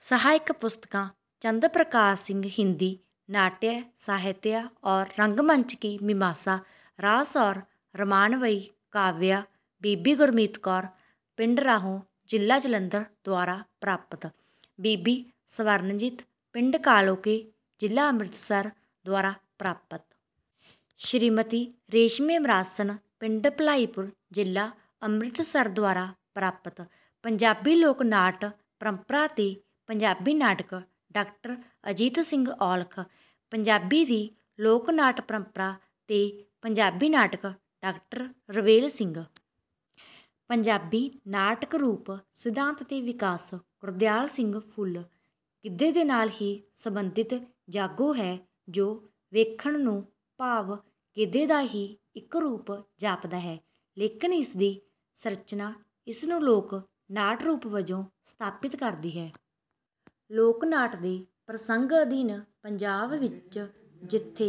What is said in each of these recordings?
ਸਹਾਇਕ ਪੁਸਤਕਾਂ: ਚੰਦ ਪ੍ਰਕਾਸ਼ ਸਿੰਘ ਹਿੰਦੀ ਨਾਟਯ ਸਾਹਿਤਯ ਔਰ ਰੰਗ-ਮੰਚ ਕੀ ਮੀਮਾਂਸਾ। ਰਾਸ ਔਰ ਰਾਮਾਨਵਯੀ ਕਾਵਯ। ਬੀਬੀ ਗੁਰਮੀਤ ਕੌਰ, ਪਿੰਡ ਰਾਹੋਂ ਜ਼ਿਲ੍ਹਾ ਜਲੰਧਰ ਦੁਆਰਾ ਪ੍ਰਾਪਤ। ਬੀਬੀ ਸਵਰਨਜੀਤ, ਪਿੰਡ ਕਾਲੋਕੇ ਜ਼ਿਲ੍ਹਾ ਅੰਮ੍ਰਿਤਸਰ ਦੁਆਰਾ ਪ੍ਰਾਪਤ। ਸ੍ਰੀਮਤੀ ਰੇਸ਼ਮੇ ਮਰਾਸਣ, ਪਿੰਡ ਭਲਾਈਪੁਰ, ਜ਼ਿਲ੍ਹਾ ਅੰਮ੍ਰਿਤਸਰ ਦੁਆਰਾ ਪ੍ਰਾਪਤ। ਪੰਜਾਬੀ ਲੋਕ ਨਾਟ ਪਰੰਪਰਾ ਤੇ ਪੰਜਾਬੀ ਨਾਟਕ – ਡਾਕਟਰ ਅਜੀਤ ਸਿੰਘ ਔਲਖ। ਪੰਜਾਬੀ ਦੀ ਲੋਕ ਨਾਟ ਪਰੰਪਰਾ ਤੇ ਪੰਜਾਬੀ ਨਾਟਕ – ਡਾਕਟਰ ਰਵੇਲ ਸਿੰਘ। ਪੰਜਾਬੀ ਨਾਟਕ ਰੂਪ, ਸਿਧਾਂਤ ਤੇ ਵਿਕਾਸ – ਗੁਰਦਿਆਲ ਸਿੰਘ ਫੁੱਲ। ਗਿੱਧੇ ਦੇ ਨਾਲ ਹੀ ਸੰਬੰਧਿਤ 'ਜਾਗੋ' ਹੈ ਜੋ ਵੇਖਣ ਨੂੰ ਭਾਵ ਗਿੱਧੇ ਦਾ ਹੀ ਇੱਕ ਰੂਪ ਜਾਪਦਾ ਹੈ, ਲੇਕਿਨ ਇਸ ਦੀ ਸੰਰਚਨਾ ਇਸ ਨੂੰ ਲੋਕ ਨਾਟ ਰੂਪ ਵਜੋਂ ਸਥਾਪਿਤ ਕਰਦੀ ਹੈ। ਲੋਕ ਨਾਟ ਦੇ ਪ੍ਰਸੰਗ ਅਧੀਨ ਪੰਜਾਬ ਵਿੱਚ ਜਿੱਥੇ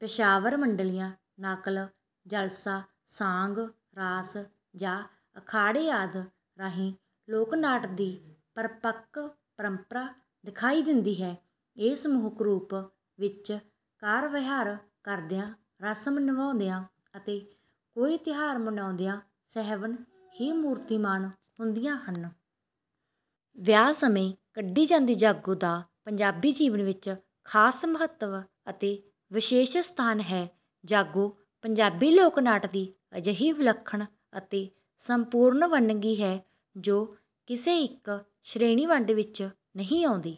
ਪੇਸ਼ਾਵਰ ਮੰਡਲੀਆਂ ਨਕਲ, ਜਲਸਾ, ਸਾਂਗ, ਰਾਸ ਜਾਂ ਅਖਾੜੇ ਆਦਿ ਰਾਹੀਂ ਲੋਕ ਨਾਟ ਦੀ ਪਰਪੱਕ ਪਰੰਪਰਾ ਦਿਖਾਈ ਦਿੰਦੀ ਹੈ। ਇਹ ਸਮੂਹਕ ਰੂਪ ਵਿੱਚ ਕਾਰ-ਵਿਹਾਰ ਕਰਦਿਆਂ, ਰਸਮ ਨਿਭਾਉਂਦਿਆਂ ਅਤੇ ਕੋਈ ਤਿਉਹਾਰ ਮਨਾਉਂਦਿਆਂ ਸਹਿਵਨ ਹੀ ਮੂਰਤੀਮਾਨ ਹੁੰਦੀਆਂ ਹਨ। ਵਿਆਹ ਸਮੇਂ ਕੱਢੀ ਜਾਂਦੀ ਜਾਗੋ ਦਾ ਪੰਜਾਬੀ ਜੀਵਨ ਵਿੱਚ ਖ਼ਾਸ ਮਹੱਤਵ ਅਤੇ ਵਿਸ਼ੇਸ਼ ਸਥਾਨ ਹੈ। ਜਾਗੋ ਪੰਜਾਬੀ ਲੋਕ ਨਾਟ ਦੀ ਅਜਿਹੀ ਵਿਲੱਖਣ ਅਤੇ ਸੰਪੂਰਨ ਵੰਨਗੀ ਹੈ, ਜੋ ਕਿਸੇ ਇੱਕ ਸ਼੍ਰੇਣੀ-ਵੰਡ ਵਿੱਚ ਨਹੀਂ ਆਉਂਦੀ।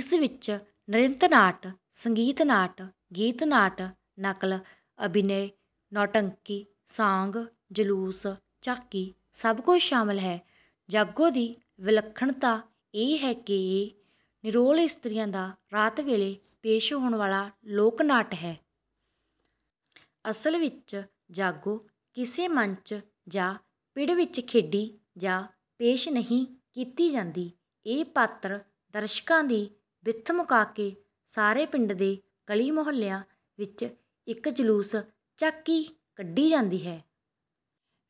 ਇਸ ਵਿੱਚ ਨ੍ਰਿਤ ਨਾਟ, ਸੰਗੀਤ ਨਾਟ, ਗੀਤ ਨਾਟ, ਨਕਲ, ਅਭਿਨਯ, ਨੌਟੰਕੀ, ਸਾਂਗ, ਜਲੂਸ, ਝਾਕੀ ਸਭ ਕੁੱਝ ਸ਼ਾਮਿਲ ਹੈ। ਜਾਗੋ ਦੀ ਵਿਲੱਖਣਤਾ ਇਹ ਹੈ ਕਿ ਇਹ ਨਿਰੋਲ ਇਸਤਰੀਆਂ ਦਾ ਰਾਤ ਵੇਲੇ ਪੇਸ਼ ਹੋਣ ਵਾਲਾ ਲੋਕ ਨਾਟ ਹੈ। ਅਸਲ ਵਿੱਚ ਜਾਗੋ ਕਿਸੇ ਮੰਚ ਜਾਂ ਪਿੜ ਵਿੱਚ ਖੇਡੀ ਜਾਂ ਪੇਸ਼ ਨਹੀਂ ਕੀਤੀ ਜਾਂਦੀ। ਇਹ ਪਾਤਰ ਦਰਸ਼ਕਾਂ ਦੀ ਵਿੱਥ ਮੁਕਾ ਕੇ ਸਾਰੇ ਪਿੰਡ ਦੇ ਗਲੀ ਮੁਹੱਲਿਆਂ ਵਿੱਚ ਇੱਕ ਜਲੂਸ, ਝਾਕੀ ਕੱਢੀ ਜਾਂਦੀ ਹੈ।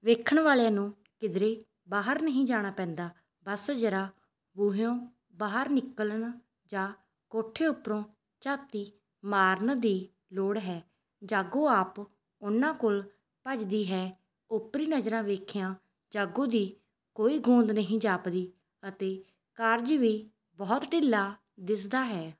ਵੇਖਣ ਵਾਲਿਆਂ ਨੂੰ ਕਿਧਰੇ ਬਾਹਰ ਨਹੀਂ ਜਾਣਾ ਪੈਂਦਾ। ਬਸ ਜ਼ਰਾ ਬੂਹਿਓਂ ਬਾਹਰ ਨਿਕਲਣ ਜਾਂ ਕੋਠੇ ਉੱਪਰੋਂ ਝਾਤੀ ਮਾਰਨ ਦੀ ਲੋੜ ਹੈ। ਜਾਗੋ ਆਪ ਉਹਨਾਂ ਕੋਲ ਪੱਜਦੀ ਹੈ। ਓਪਰੀ ਨਜ਼ਰਿਆਂ ਵੇਖਿਆ ਜਾਗੋ ਦੀ ਕੋਈ ਗੋਂਦ ਨਹੀਂ ਜਾਪਦੀ ਅਤੇ ਕਾਰਜ ਵੀ ਬਹੁਤ ਢਿੱਲਾ ਦਿਸਦਾ ਹੈ।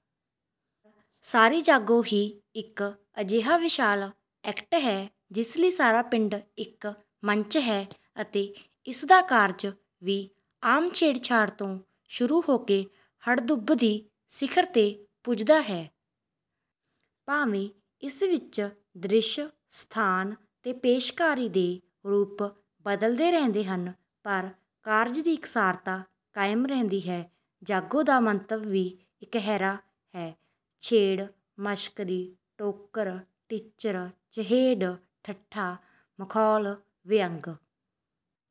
ਪਰ ਸਾਰੀ ਜਾਗੋ ਹੀ ਇੱਕ ਅਜਿਹਾ ਵਿਸ਼ਾਲ ਐਕਟ ਹੈ ਜਿਸ ਲਈ ਸਾਰਾ ਪਿੰਡ ਇੱਕ ਮੰਚ ਹੈ ਅਤੇ ਇਸ ਦਾ ਕਾਰਜ ਵੀ ਆਮ ਛੇੜ-ਛਾੜ ਤੋਂ ਸ਼ੁਰੂ ਹੋ ਕੇ ਹੜਦੁੰਬ ਦੀ ਸਿਖਰ ਤੇ ਪੁੱਜਦਾ ਹੈ। ਭਾਵੇਂ ਇਸ ਵਿੱਚ ਦ੍ਰਿਸ਼, ਸਥਾਨ ਤੇ ਪੇਸ਼ਕਾਰੀ ਦੇ ਰੂਪ ਬਦਲਦੇ ਰਹਿੰਦੇ ਹਨ ਪਰ ਕਾਰਜ ਦੀ ਇਕਸਾਰਤਾ ਕਾਇਮ ਰਹਿੰਦੀ ਹੈ। ਜਾਗੋ ਦਾ ਮੰਤਵ ਵੀ ਇਕਹਿਰਾ ਹੈ। ਛੇੜ, ਮਸ਼ਕਰੀ, ਟੋਕਰ, ਟਿੱਚਰ, ਚਹੇਡ, ਠੱਠਾ, ਮਖੌਲ, ਵਿਅੰਗ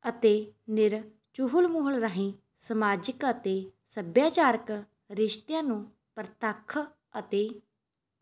ਅਤੇ ਨਿਰ ਚੁਹਲ-ਮੁਹਲ ਰਾਹੀਂ ਸਮਾਜਿਕ ਅਤੇ ਸਭਿਆਚਾਰਕ ਰਿਸ਼ਤਿਆਂ ਨੂੰ ਪ੍ਰਤੱਖ ਅਤੇ